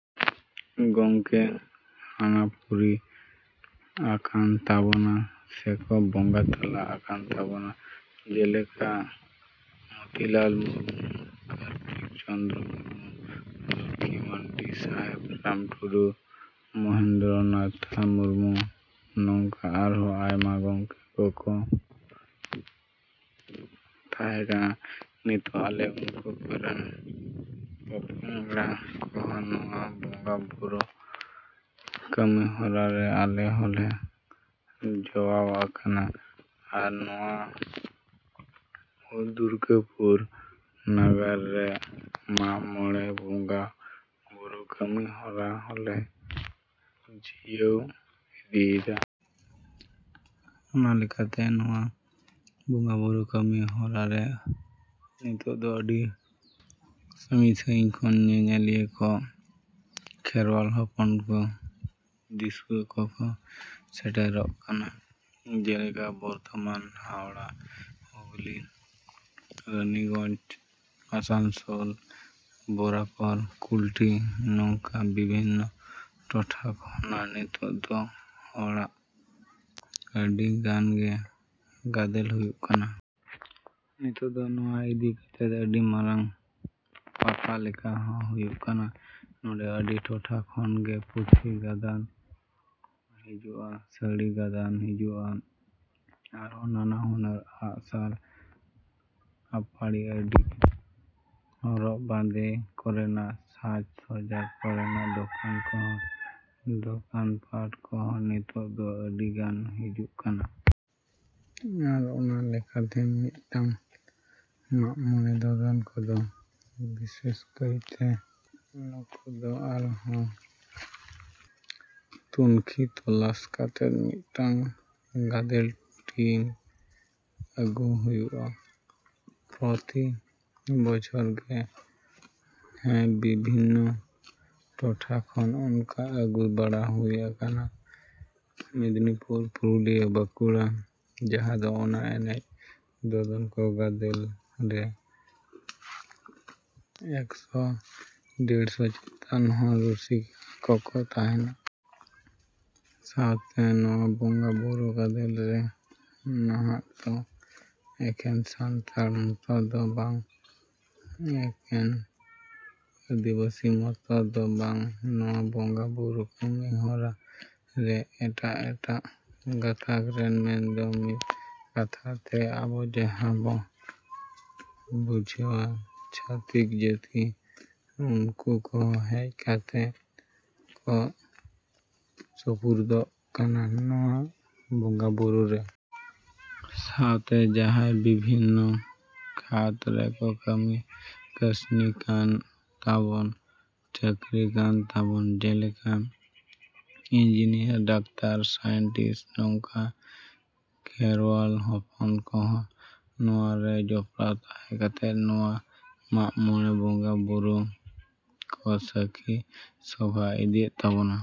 ᱜᱮᱠᱚ ᱦᱟᱱᱟ ᱯᱩᱨᱤ ᱟᱠᱟᱱ ᱛᱟᱵᱚᱱᱟ ᱥᱮᱠᱚ ᱵᱚᱸᱜᱟ ᱛᱟᱞᱟ ᱟᱠᱟᱱ ᱛᱟᱵᱚᱱᱟ, ᱡᱮᱞᱮᱠᱟ ᱢᱩᱛᱤᱞᱟᱞ ᱢᱩᱨᱢᱩ, ᱠᱟᱨᱛᱤᱠ ᱪᱚᱱᱫᱨᱚ ᱢᱩᱨᱢᱩ, ᱞᱚᱠᱷᱤ ᱢᱟᱱᱰᱤ, ᱥᱟᱦᱮᱵᱽ ᱨᱟᱢ ᱴᱩᱰᱩ, ᱢᱚᱦᱮᱱᱫᱨᱚ ᱱᱟᱛᱷᱟ ᱢᱩᱨᱢᱩ, ᱱᱚᱝᱠᱟ ᱟᱨᱦᱚᱸ ᱟᱭᱢᱟ ᱜᱚᱢᱠᱮ ᱠᱚᱠᱚ ᱛᱟᱦᱮᱸ ᱠᱟᱱᱟ᱾ ᱱᱤᱛᱳᱜ ᱟᱞᱮ ᱩᱱᱠᱩ ᱠᱚᱨᱮᱱ ᱯᱚᱯᱚᱝᱲᱟ ᱠᱚᱦᱚᱸ ᱱᱚᱣᱟ ᱵᱚᱸᱜᱟ ᱵᱳᱨᱳ ᱠᱟᱹᱢᱤ ᱦᱚᱨᱟ ᱨᱮ ᱟᱞᱮ ᱦᱚᱸᱞᱮ ᱡᱚᱣᱟᱣ ᱟᱠᱟᱱᱟ ᱟᱨ ᱱᱚᱣᱟ ᱫᱩᱨᱜᱟᱹᱯᱩᱨ ᱱᱟᱜᱟᱨ ᱨᱮ ᱢᱟᱜ ᱢᱚᱬᱮ ᱵᱚᱸᱜᱟ ᱵᱳᱨᱳ ᱠᱟᱹᱢᱤ ᱦᱚᱨᱟ ᱦᱚᱞᱮ ᱡᱤᱭᱟᱹᱣ ᱤᱫᱤᱭᱮᱫᱟ᱾ ᱚᱱᱟᱞᱮᱠᱟᱛᱮ ᱱᱚᱣᱟ ᱵᱚᱸᱜᱟ ᱵᱳᱨᱳ ᱠᱟᱹᱢᱤ ᱦᱚᱨᱟ ᱨᱮ ᱱᱤᱛᱳᱜ ᱫᱚ ᱟᱹᱰᱤ ᱥᱟᱺᱜᱤᱧᱼᱥᱟᱺᱜᱤᱧ ᱠᱷᱚᱱ ᱧᱮᱧᱮᱞᱤᱭᱟᱹ ᱠᱚ, ᱠᱷᱮᱨᱣᱟᱞ ᱦᱚᱯᱚᱱ ᱠᱚ, ᱫᱤᱥᱣᱟ ᱠᱚ ᱠᱚ ᱥᱮᱴᱮᱨᱚᱜ ᱠᱟᱱᱟ, ᱡᱮᱞᱮᱠᱟ ᱵᱚᱨᱫᱷᱚᱢᱟᱱ, ᱦᱟᱣᱲᱟ, ᱦᱩᱜᱽᱞᱤ, ᱨᱟᱱᱤᱜᱚᱧ, ᱟᱥᱟᱱᱥᱳᱞ, ᱵᱚᱨᱟᱠᱚᱨ, ᱠᱩᱞᱴᱤ, ᱱᱚᱝᱠᱟ ᱵᱤᱵᱷᱤᱱᱱᱚ ᱴᱚᱴᱷᱟ ᱠᱷᱚᱱᱟᱜ ᱱᱤᱛᱳᱜ ᱫᱚ ᱦᱚᱲᱟᱜ ᱟᱹᱰᱤ ᱜᱟᱱ ᱜᱮ ᱜᱟᱫᱮᱞ ᱦᱩᱭᱩᱜ ᱠᱟᱱᱟ᱾ ᱱᱤᱛᱳᱜ ᱫᱚ ᱱᱚᱣᱟ ᱤᱫᱤ ᱠᱟᱛᱮᱫ ᱟᱹᱰᱤ ᱢᱟᱨᱟᱝ ᱯᱟᱛᱟ ᱞᱮᱠᱟ ᱦᱚᱸ ᱦᱩᱭᱩᱜ ᱠᱟᱱᱟ᱾ ᱱᱚᱰᱮ ᱟᱹᱰᱤ ᱴᱚᱴᱷᱟ ᱠᱷᱚᱱ ᱜᱮ ᱯᱩᱛᱷᱤ ᱜᱟᱫᱟᱱ ᱦᱤᱡᱩᱜᱼᱟ, ᱥᱟᱹᱲᱤ ᱜᱟᱫᱟᱱ ᱦᱤᱡᱩᱜᱼᱟ ᱟᱨᱦᱚᱸ ᱱᱟᱱᱟ ᱦᱩᱱᱟᱹᱨ ᱟᱜᱼᱥᱟᱨ ᱟᱹᱯᱟᱹᱲᱤ, ᱟᱹᱰᱤ ᱠᱤᱪᱷᱩ ᱦᱚᱨᱚᱜ ᱵᱟᱸᱫᱮ ᱠᱚᱨᱮᱱᱟᱜ, ᱥᱟᱡᱽ ᱥᱚᱡᱟ ᱠᱚᱨᱮᱱᱟᱜ ᱫᱚᱠᱟᱱ ᱠᱚᱦᱚᱸ, ᱫᱚᱠᱟᱱ ᱯᱟᱴ ᱠᱚᱦᱚᱸ ᱱᱤᱛᱳᱜ ᱫᱚ ᱟᱹᱰᱤ ᱜᱟᱱ ᱦᱤᱡᱩᱜ ᱠᱟᱱᱟ᱾ ᱟᱨ ᱚᱱᱟ ᱞᱮᱠᱟᱛᱮ ᱢᱤᱫᱴᱟᱝ ᱢᱟᱜ ᱢᱚᱬᱮ ᱫᱚᱫᱚᱱ ᱠᱚᱫᱚ ᱵᱤᱥᱮᱥ ᱠᱟᱭᱛᱮ ᱱᱩᱠᱩ ᱫᱚ ᱟᱨᱦᱚᱸ ᱛᱩᱱᱠᱷᱤ ᱛᱚᱞᱟᱥ ᱠᱟᱛᱮᱫ ᱢᱤᱫᱴᱟᱝ ᱜᱟᱫᱮᱞ ᱴᱤᱢ ᱟᱹᱜᱩ ᱦᱩᱭᱩᱜᱼᱟ ᱯᱨᱚᱛᱤ ᱵᱚᱪᱷᱚᱨ ᱜᱮ᱾ ᱦᱮᱸ, ᱵᱤᱵᱷᱤᱱᱱᱚ ᱴᱚᱴᱷᱟ ᱠᱷᱚᱱ ᱚᱱᱠᱟ ᱟᱹᱜᱩ ᱵᱟᱲᱟ ᱦᱩᱭ ᱟᱠᱟᱱᱟ, ᱢᱮᱫᱽᱱᱤᱯᱩᱨ, ᱯᱩᱨᱩᱞᱤᱭᱟᱹ, ᱵᱟᱸᱠᱩᱲᱟ ᱡᱟᱦᱟᱸ ᱫᱚ ᱚᱱᱟ ᱮᱱᱮᱡ ᱫᱚᱫᱚᱱ ᱠᱚ ᱜᱟᱫᱮᱞ ᱨᱮ ᱮᱠᱥᱚ ᱰᱮᱲᱥᱚ ᱪᱮᱛᱟᱱ ᱦᱚᱸ ᱨᱩᱥᱤᱥᱟ ᱠᱚᱠᱚ ᱛᱟᱦᱮᱱᱟ᱾ ᱥᱟᱶᱛᱮ ᱱᱚᱣᱟ ᱵᱚᱸᱜᱟ ᱵᱳᱨᱳ ᱜᱟᱫᱮᱞ ᱨᱮ ᱱᱟᱦᱟᱜ ᱫᱚ ᱮᱠᱷᱮᱱ ᱥᱟᱱᱛᱟᱲ ᱢᱚᱛᱚ ᱫᱚ ᱵᱟᱝ, ᱮᱠᱮᱱ ᱟᱹᱫᱤᱵᱟᱹᱥᱤ ᱢᱚᱛᱚ ᱫᱚ ᱵᱟᱝ, ᱱᱚᱣᱟ ᱵᱚᱸᱜᱟ ᱵᱳᱨᱳ ᱠᱟᱹᱢᱤ ᱦᱚᱨᱟ ᱨᱮ ᱮᱴᱟᱜᱼᱮᱴᱟᱜ ᱜᱟᱛᱟᱠ ᱨᱮᱱ ᱢᱮᱱ ᱫᱚ ᱢᱤᱫ ᱠᱟᱛᱷᱟ ᱛᱮ ᱟᱵᱚ ᱡᱟᱦᱟᱸ ᱵᱚᱱ ᱵᱩᱡᱷᱟᱹᱣᱟ ᱪᱷᱟᱹᱛᱤᱠ ᱡᱟᱹᱛᱤ ᱩᱱᱠᱩ ᱠᱚᱦᱚᱸ ᱦᱮᱡ ᱠᱟᱛᱮᱫ ᱠᱚ ᱥᱩᱯᱨᱩᱫᱚᱜ ᱠᱟᱱᱟ ᱱᱚᱣᱟ ᱵᱚᱸᱜᱟ ᱵᱳᱨᱳ ᱨᱮ᱾ ᱥᱟᱶᱛᱮ ᱡᱟᱦᱟᱭ ᱵᱤᱵᱷᱤᱱᱱᱚ ᱠᱷᱟᱹᱛ ᱨᱮᱠᱚ ᱠᱟᱹᱢᱤ ᱠᱟᱹᱥᱱᱤ ᱠᱟᱱ ᱛᱟᱵᱚᱱ, ᱪᱟᱹᱠᱨᱤ ᱠᱟᱱ ᱛᱟᱵᱚᱱ, ᱡᱮᱞᱮᱠᱟ ᱤᱱᱡᱤᱱᱤᱭᱟᱨ, ᱰᱟᱠᱛᱟᱨ, ᱥᱟᱭᱮᱱᱴᱤᱥ ᱱᱚᱝᱠᱟᱱ ᱠᱷᱮᱨᱣᱟᱞ ᱦᱚᱯᱚᱱ ᱠᱚᱦᱚᱸ ᱱᱚᱣᱟ ᱨᱮ ᱡᱚᱯᱲᱟᱣ ᱛᱟᱦᱮᱸ ᱠᱟᱛᱮᱫ ᱱᱚᱣᱟ ᱢᱟᱜ ᱢᱚᱬᱮ ᱵᱚᱸᱜᱟ ᱵᱳᱨᱳ ᱠᱚ ᱥᱟᱹᱠᱷᱤ ᱥᱚᱵᱷᱟ ᱤᱫᱤᱭᱮᱫ ᱛᱟᱵᱚᱱᱟ᱾